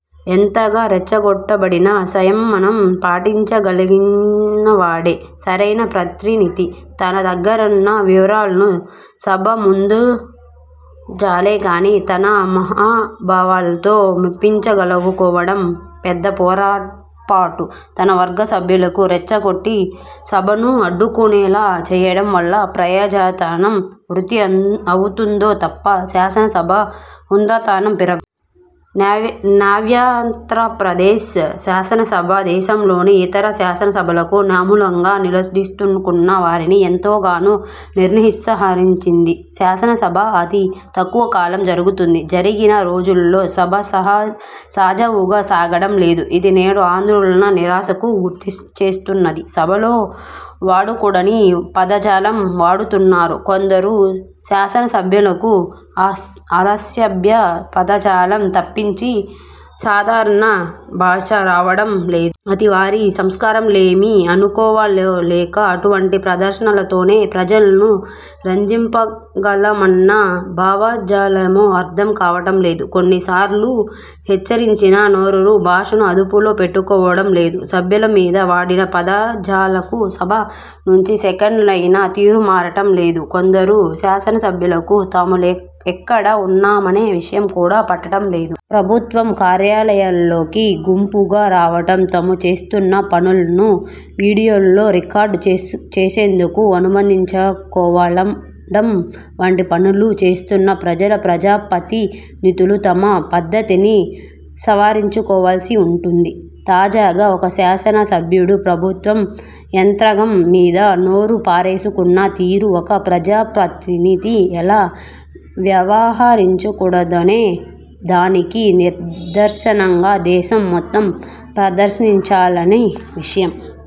ఎంతగా రెచ్చగొట్టబడినా సంయమనం పాటించగలిగినవాడే సరైన ప్రతినిధి. తన దగ్గరున్న వివరాలను సభ ముందుంచాలే గానీ తన హావభావాలతో మెప్పించగలననుకోవడం పెద్ద పొరపాటు. తన వర్గ సభ్యులను రెచ్చగొట్టి, సభను అడ్డుకునేలా చేయటం వల్ల ప్రజాధనం వృధా అవుతుందే తప్ప శాసన సభ హుందాతనం పెరగదు. నవ్యాంధ్రప్రదేశ్ శాసనసభ దేశంలోని ఇతర శాసనసభలకు నమూనాగా నిలుస్తుందనుకున్న వారిని ఎంతగానో నిరుత్సాహపరిచింది. శాసనసభ అతి తక్కువ కాలం జరుగుతున్నది. జరిగిన రోజులలో సభ సజావుగా సాగటం లేదు. ఇది నేడు ఆంధ్రులను నిరాశకు గురిచేస్తున్నది. సభలో వాడకూడని పదజాలం వాడుతున్నారు. కొందరు శాసనసభ్యులకు ఆ అసభ్య పదజాలం తప్పించి సాధారణ భాష రావటం లేదు. అది వారి సంస్కారలేమి అనుకోవాలో లేక అటువంటి ప్రదర్శనతోనే ప్రజలను రంజింపగలమన్న భావజాలమో అర్థం కావటం లేదు. కోన్నిసార్లు హెచ్చరించినా నోరును, భాషను అదుపులో పెట్టుకోవటం లేదు. సభ్యుల మీద వాడిన పదజాలాలకు సభ నుంచి సస్సెండయినా తీరు మారటం లేదు. కొందరు శాసనసభ్యులకు తాము ఎక్కడ ఉన్నామనే విషయం కూడా పట్టడం లేదు. ప్రభుత్వ కార్యాలయాలలోకి గుంపుగా రావటం, తాము చేస్తున్న పనులను వీడియోలో రికార్డు చేసేందుకు అనుమతించాలనుకోవటం వంటి పనులు చేస్తున్న ప్రజా ప్రజాప్రతినిధులు తమ పద్ధతిని సవరించుకోవాల్సి వుంటుంది. తాజాగా ఒక శాసన సభ్యుడు ప్రభుత్వ యంత్రాంగం మీద నోరుపారేసుకున్న తీరు ఒక ప్రజాప్రతినిధి ఎలా వ్యవహరించకూడదనే దానికి నిదర్శనంగా దేశం మొత్తం ప్రదర్శించాల్సిన విషయం.